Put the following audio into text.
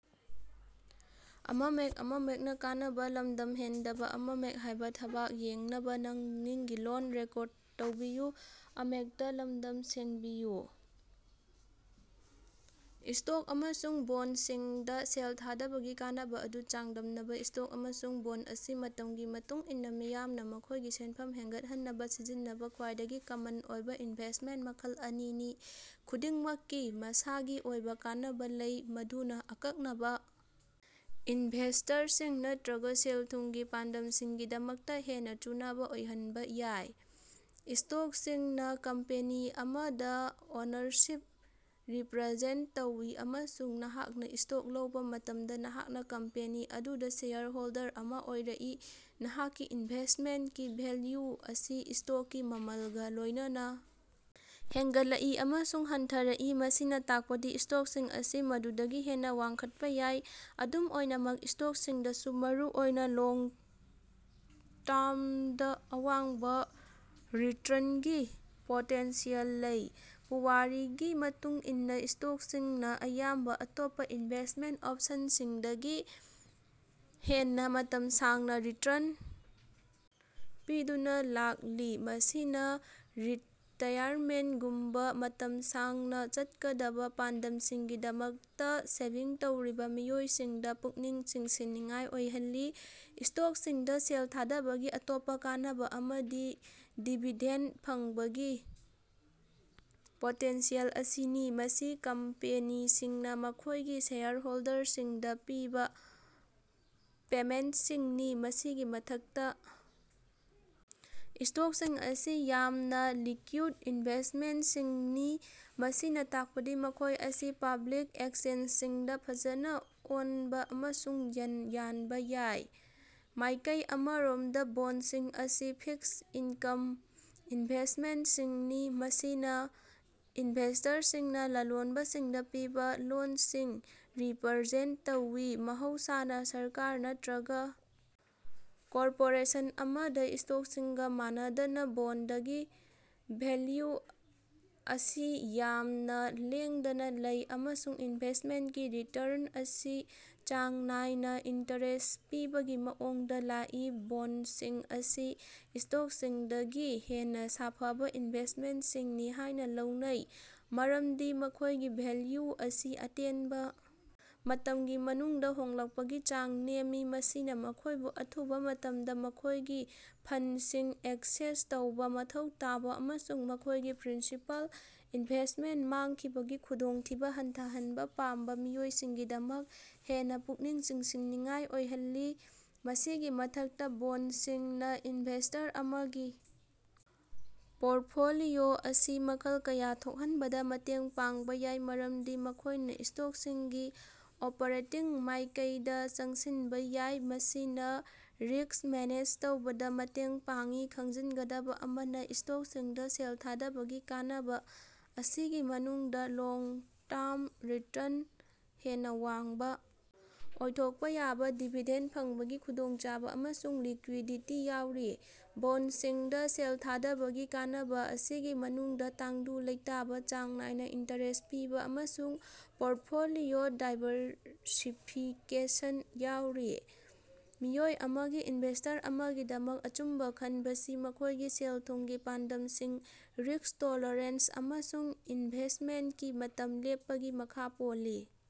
Stock ꯑꯃꯁꯨꯡ ꯕꯣꯟꯗꯁꯤꯡꯗꯥ ꯁꯦꯜ ꯊꯥꯗꯕꯒꯤ ꯀꯥꯟꯅꯕꯥ ꯑꯗꯨ ꯆꯥꯡꯗꯝꯅꯕꯥ꯫ ꯁ꯭ꯇꯣꯛ ꯑꯃꯁꯨꯡ ꯕꯣꯟꯗ ꯑꯁꯤ ꯃꯇꯝꯒꯤ ꯃꯇꯨꯡ ꯏꯟꯅꯥ ꯃꯤꯌꯥꯝꯅꯥ ꯃꯈꯣꯏꯒꯤ ꯁꯦꯟꯐꯝ ꯍꯦꯟꯒꯠꯍꯟꯅꯕꯥ ꯁꯤꯖꯤꯟꯅꯕꯥ ꯈ꯭ꯋꯥꯏꯗꯒꯤ ꯀꯃꯟ ꯑꯣꯏꯕꯥ ꯏꯟꯚꯦꯁ꯭ꯇꯃꯦꯟꯇ ꯃꯈꯜ ꯑꯅꯤꯅꯤ꯫ ꯈꯨꯗꯤꯡꯃꯛꯀꯤ ꯃꯁꯥꯒꯤ ꯑꯣꯏꯕꯥ ꯀꯥꯟꯅꯕꯥ ꯂꯩ ꯃꯗꯨꯅꯥ ꯑꯀꯛꯅꯕꯥ ꯏꯟꯚꯦꯁ꯭ꯇꯔꯁꯤꯡ ꯅꯠꯇꯔꯒꯥ ꯁꯦꯜ-ꯊꯨꯝꯒꯤ ꯄꯥꯟꯗꯝꯁꯤꯡꯒꯤꯗꯃꯛꯇꯥ ꯍꯦꯟꯅꯥ ꯆꯨꯅꯕꯥ ꯑꯣꯏꯍꯟꯅꯕꯥ ꯌꯥꯏ꯫ ꯁ꯭ꯇꯣꯛꯁꯤꯡꯅꯥ ꯀꯝꯄꯦꯅꯤ ꯑꯃꯗꯥ ꯑꯣꯅꯔꯁꯤꯞ ꯔꯤꯄ꯭ꯔꯥꯖꯦꯟꯇ ꯇꯧꯏ, ꯑꯃꯁꯨꯡ ꯅꯍꯥꯛꯅꯥ ꯁ꯭ꯇꯣꯛ ꯂꯧꯕꯥ ꯃꯇꯝꯗꯥ ꯅꯍꯥꯛꯅꯥ ꯀꯝꯄꯦꯅꯤ ꯑꯗꯨꯗꯥ ꯁꯦꯌꯔ ꯍꯣꯜꯗꯔ ꯑꯃꯥ ꯑꯣꯏꯔꯛꯏ꯫ ꯅꯍꯥꯛꯀꯤ ꯏꯟꯚꯦꯁ꯭ꯇꯃꯦꯟꯇꯀꯤ ꯚꯦꯜꯌꯨ ꯑꯁꯤ ꯁ꯭ꯇꯣꯛꯀꯤ ꯃꯃꯜꯒꯥ ꯂꯣꯏꯅꯅꯥ ꯍꯦꯟꯒꯠꯂꯛꯏ ꯑꯃꯁꯨꯡ ꯍꯟꯊꯔꯛꯏ, ꯃꯁꯤꯅꯥ ꯇꯥꯛꯄꯗꯤ ꯁ꯭ꯇꯣꯛꯁꯤꯡ ꯑꯁꯤ ꯃꯗꯨꯗꯒꯤ ꯍꯦꯟꯅꯥ ꯋꯥꯡꯈꯠꯄꯥ ꯌꯥꯏ꯫ ꯑꯗꯨꯝ ꯑꯣꯏꯅꯃꯛ, ꯁ꯭ꯇꯣꯛꯁꯤꯡꯗꯁꯨ ꯃꯔꯨꯑꯣꯏꯅꯥ ꯂꯣꯡ ꯇꯔꯝꯗꯥ ꯑꯋꯥꯡꯕꯥ ꯔꯤꯇꯔꯟꯀꯤ ꯄꯣꯇꯦꯟꯁꯤꯌꯦꯜ ꯂꯩ꯫ ꯄꯨꯋꯥꯔꯤꯒꯤ ꯃꯇꯨꯡ ꯏꯟꯅꯥ, ꯁ꯭ꯇꯣꯛꯁꯤꯡꯅꯥ ꯑꯌꯥꯝꯕꯥ ꯑꯇꯣꯞꯄꯥ ꯏꯟꯚꯦꯁ꯭ꯇꯃꯦꯟꯇ ꯑꯣꯄꯁꯟꯁꯤꯡꯗꯒꯤ ꯍꯦꯟꯅꯥ ꯃꯇꯝ ꯁꯥꯡꯅꯥ ꯔꯤꯇꯔꯟ ꯄꯤꯗꯨꯅꯥ ꯂꯥꯛꯂꯤ, ꯃꯁꯤꯅꯥ ꯔꯤꯇꯥꯌꯔꯃꯦꯟ꯭ꯇꯒꯨꯝꯕꯥ ꯃꯇꯝ ꯁꯥꯡꯅꯥ ꯆꯠꯀꯗꯕꯥ ꯄꯥꯟꯗꯝꯁꯤꯡꯒꯤꯗꯃꯛꯇꯥ ꯁꯦꯚꯤꯡ ꯇꯧꯔꯤꯕꯥ ꯃꯤꯑꯣꯏꯁꯤꯡꯗꯥ ꯄꯨꯛꯅꯤꯡ ꯆꯤꯡꯁꯤꯟꯅꯤꯡꯉꯥꯏ ꯑꯣꯏꯍꯜꯂꯤ꯫ ꯁ꯭ꯇꯣꯛꯁꯤꯡꯗꯥ ꯁꯦꯜ ꯊꯥꯗꯕꯒꯤ ꯑꯇꯣꯞꯄꯥ ꯀꯥꯟꯅꯕꯥ ꯑꯃꯗꯤ ꯗꯤꯕꯤꯗꯦꯟꯗ ꯐꯪꯕꯒꯤ ꯄꯣꯇꯦꯟꯁꯤꯌꯦꯜ ꯑꯁꯤꯅꯤ, ꯃꯁꯤ ꯀꯝꯄꯦꯅꯤꯁꯤꯡꯅꯥ ꯃꯈꯣꯏꯒꯤ ꯁꯦꯌꯔ ꯍꯣꯜꯗꯔꯁꯤꯡꯗꯥ ꯄꯤꯕꯥ ꯄꯦꯃꯦꯟꯇꯁꯤꯡꯅꯤ꯫ ꯃꯁꯤꯒꯤ ꯃꯊꯛꯇꯥ, ꯁ꯭ꯇꯣꯛꯁꯤꯡ ꯑꯁꯤ ꯌꯥꯝꯅꯥ ꯂꯤꯛꯀ꯭ꯌꯨꯗ ꯏꯟꯚꯦꯁ꯭ꯇꯃꯦꯟꯇꯁꯤꯡꯅꯤ, ꯃꯁꯤꯅꯥ ꯇꯥꯛꯄꯗꯤ ꯃꯈꯣꯏ ꯑꯁꯤ ꯄꯕ꯭ꯂꯤꯛ ꯑꯦꯛꯆꯦꯟꯖꯁꯤꯡꯗꯥ ꯐꯖꯅꯥ ꯑꯣꯅꯕꯥ ꯑꯃꯁꯨꯡ ꯌꯟꯕꯥ ꯌꯥꯏ꯫ ꯃꯥꯏꯀꯩ ꯑꯃꯔꯣꯝꯗꯥ, ꯕꯣꯟꯗꯁꯤꯡ ꯑꯁꯤ ꯐꯤꯛꯁ ꯏꯅꯀꯝ ꯏꯟꯚꯦꯁ꯭ꯇꯃꯦꯟꯇꯁꯤꯡꯅꯤ, ꯃꯁꯤꯅꯥ ꯏꯟꯚꯦꯁ꯭ꯇꯔꯁꯤꯡꯅꯥ ꯂꯂꯣꯟꯕꯁꯤꯡꯗꯥ ꯄꯤꯕꯥ ꯂꯣꯟꯁꯤꯡ ꯔꯤꯞꯔꯖꯦꯟꯇ ꯇꯧꯏ, ꯃꯍꯧꯁꯥꯅꯥ ꯁꯔꯀꯥꯔ ꯅꯠꯇꯔꯒꯥ ꯀꯣꯔꯄꯣꯔꯦꯁꯟ ꯑꯃꯗꯥ꯫ ꯁ꯭ꯇꯣꯛꯁꯤꯡꯒꯥ ꯃꯥꯟꯅꯗꯅꯥ, ꯕꯣꯟꯗꯒꯤ ꯚꯦꯜꯌꯨ ꯑꯁꯤ ꯌꯥꯝꯅꯥ ꯂꯦꯡꯗꯅꯥ ꯂꯩ, ꯑꯃꯁꯨꯡ ꯏꯟꯚꯦꯁ꯭ꯇꯃꯦꯟꯇꯀꯤ ꯔꯤꯇꯔꯟ ꯑꯁꯤ ꯆꯥꯡ ꯅꯥꯏꯅꯥ ꯏꯟꯇꯔꯦꯁ ꯄꯤꯕꯒꯤ ꯃꯑꯣꯡꯗꯥ ꯂꯥꯛꯏ꯫ ꯕꯣꯟꯗꯁꯤꯡ ꯑꯁꯤ ꯁ꯭ꯇꯣꯛꯁꯤꯡꯗꯒꯤ ꯍꯦꯟꯅꯥ ꯁꯥꯐꯕꯥ ꯏꯟꯚꯦꯁ꯭ꯇꯃꯦꯟꯇꯁꯤꯡꯅꯤ ꯍꯥꯏꯅꯥ ꯂꯧꯅꯩ ꯃꯔꯝꯗꯤ ꯃꯈꯣꯏꯒꯤ ꯚꯦꯜꯌꯨ ꯑꯁꯤ ꯑꯇꯦꯟꯕꯥ ꯃꯇꯝꯒꯤ ꯃꯅꯨꯡꯗꯥ ꯍꯣꯡꯂꯛꯄꯒꯤ ꯆꯥꯡ ꯅꯦꯝꯃꯤ꯫ ꯃꯁꯤꯅꯥ ꯃꯈꯣꯏꯕꯨ ꯑꯊꯨꯕꯥ ꯃꯇꯝꯗꯥ ꯃꯈꯣꯏꯒꯤ ꯐꯟꯗꯁꯤꯡ ꯑꯦꯛꯁꯦꯁ ꯇꯧꯕꯥ ꯃꯊꯧ ꯇꯥꯕꯥ ꯑꯃꯁꯨꯡ ꯃꯈꯣꯏꯒꯤ ꯄ꯭ꯔꯤꯟꯁꯤꯄꯥꯜ ꯏꯟꯚꯦꯁ꯭ꯇꯃꯦꯟꯇ ꯃꯥꯡꯈꯤꯕꯒꯤ ꯈꯨꯗꯣꯡꯊꯤꯕꯥ ꯍꯟꯊꯍꯟꯕꯥ ꯄꯥꯝꯕꯥ ꯃꯤꯑꯣꯏꯁꯤꯡꯒꯤꯗꯃꯛ ꯍꯦꯟꯅꯥ ꯄꯨꯛꯅꯤꯡ ꯆꯤꯡꯁꯤꯟꯅꯤꯡꯉꯥꯏ ꯑꯣꯏꯍꯜꯂꯤ꯫ ꯃꯁꯤꯒꯤ ꯃꯊꯛꯇꯥ, ꯕꯣꯟꯗꯁꯤꯡꯅꯥ ꯏꯟꯚꯦꯁ꯭ꯇꯔ ꯑꯃꯒꯤ ꯄꯣꯔꯇꯐꯣꯂꯤꯑꯣ ꯑꯁꯤ ꯃꯈꯜ ꯀꯌꯥ ꯊꯣꯛꯍꯟꯕꯗꯥ ꯃꯇꯦꯡ ꯄꯥꯡꯕꯥ ꯌꯥꯏ, ꯃꯔꯝꯗꯤ ꯃꯈꯣꯏꯅꯥ ꯁ꯭ꯇꯣꯛꯁꯤꯡꯒꯤ ꯑꯣꯄꯔꯦꯇꯤꯡ ꯃꯥꯏꯀꯩꯗꯥ ꯆꯪꯁꯤꯟꯕꯥ ꯌꯥꯏ, ꯃꯁꯤꯅꯥ ꯔꯤꯁ꯭ꯛ ꯃꯦꯅꯦꯖ ꯇꯧꯕꯗꯥ ꯃꯇꯦꯡ ꯄꯥꯡꯏ꯫ ꯈꯪꯖꯤꯒꯗꯕꯥ ꯑꯃꯅꯥ, ꯁ꯭ꯇꯣꯛꯁꯤꯡꯗꯥ ꯁꯦꯜ ꯊꯥꯗꯕꯒꯤ ꯀꯥꯟꯅꯕꯥ ꯑꯁꯤꯒꯤ ꯃꯅꯨꯡꯗꯥ ꯂꯣꯡ-ꯇꯔꯝ ꯔꯤꯇꯔꯟ ꯍꯦꯟꯅꯥ ꯋꯥꯡꯕꯥ ꯑꯣꯏꯊꯣꯛꯄꯥ ꯌꯥꯕꯥ, ꯗꯤꯕꯤꯗꯦꯟꯗ ꯐꯪꯕꯒꯤ ꯈꯨꯗꯣꯡꯆꯥꯕꯥ, ꯑꯃꯁꯨꯡ ꯂꯤꯛꯀ꯭ꯌꯨꯗꯤꯇꯤ ꯌꯥꯎꯔꯤ꯫ ꯕꯣꯟꯗꯁꯤꯡꯗꯥ ꯁꯦꯜ ꯊꯥꯗꯕꯒꯤ ꯀꯥꯟꯅꯕꯥ ꯑꯁꯤꯒꯤ ꯃꯅꯨꯡꯗꯥ ꯇꯪꯗꯨ ꯂꯩꯇꯥꯕꯥ, ꯆꯥꯡ ꯅꯥꯏꯅꯥ ꯏꯟꯇꯔꯦꯁ ꯄꯤꯕꯥ, ꯑꯃꯁꯨꯡ ꯄꯣꯔꯇꯐꯣꯂꯤꯑꯣ ꯗꯥꯏꯕꯔꯁꯤꯐꯤꯀꯦꯁꯟ ꯌꯥꯎꯔꯤ꯫ ꯃꯤꯑꯣꯏ ꯑꯃꯒꯤ ꯏꯟꯚꯦꯁ꯭ꯇꯔ ꯑꯃꯒꯤꯗꯃꯛ ꯑꯆꯨꯝꯕꯥ ꯈꯟꯕꯁꯤ ꯃꯈꯣꯏꯒꯤ ꯁꯦꯜ-ꯊꯨꯝꯒꯤ ꯄꯥꯟꯗꯝꯁꯤꯡ, ꯔꯤꯁ꯭ꯛ ꯇꯣꯂꯔꯦꯟꯁ, ꯑꯃꯁꯨꯡ ꯏꯟꯚꯦꯁ꯭ꯇꯃꯦꯟꯇꯀꯤ ꯃꯇꯝ ꯂꯦꯞꯄꯒꯤ ꯃꯈꯥ ꯄꯣꯜꯂꯤ꯫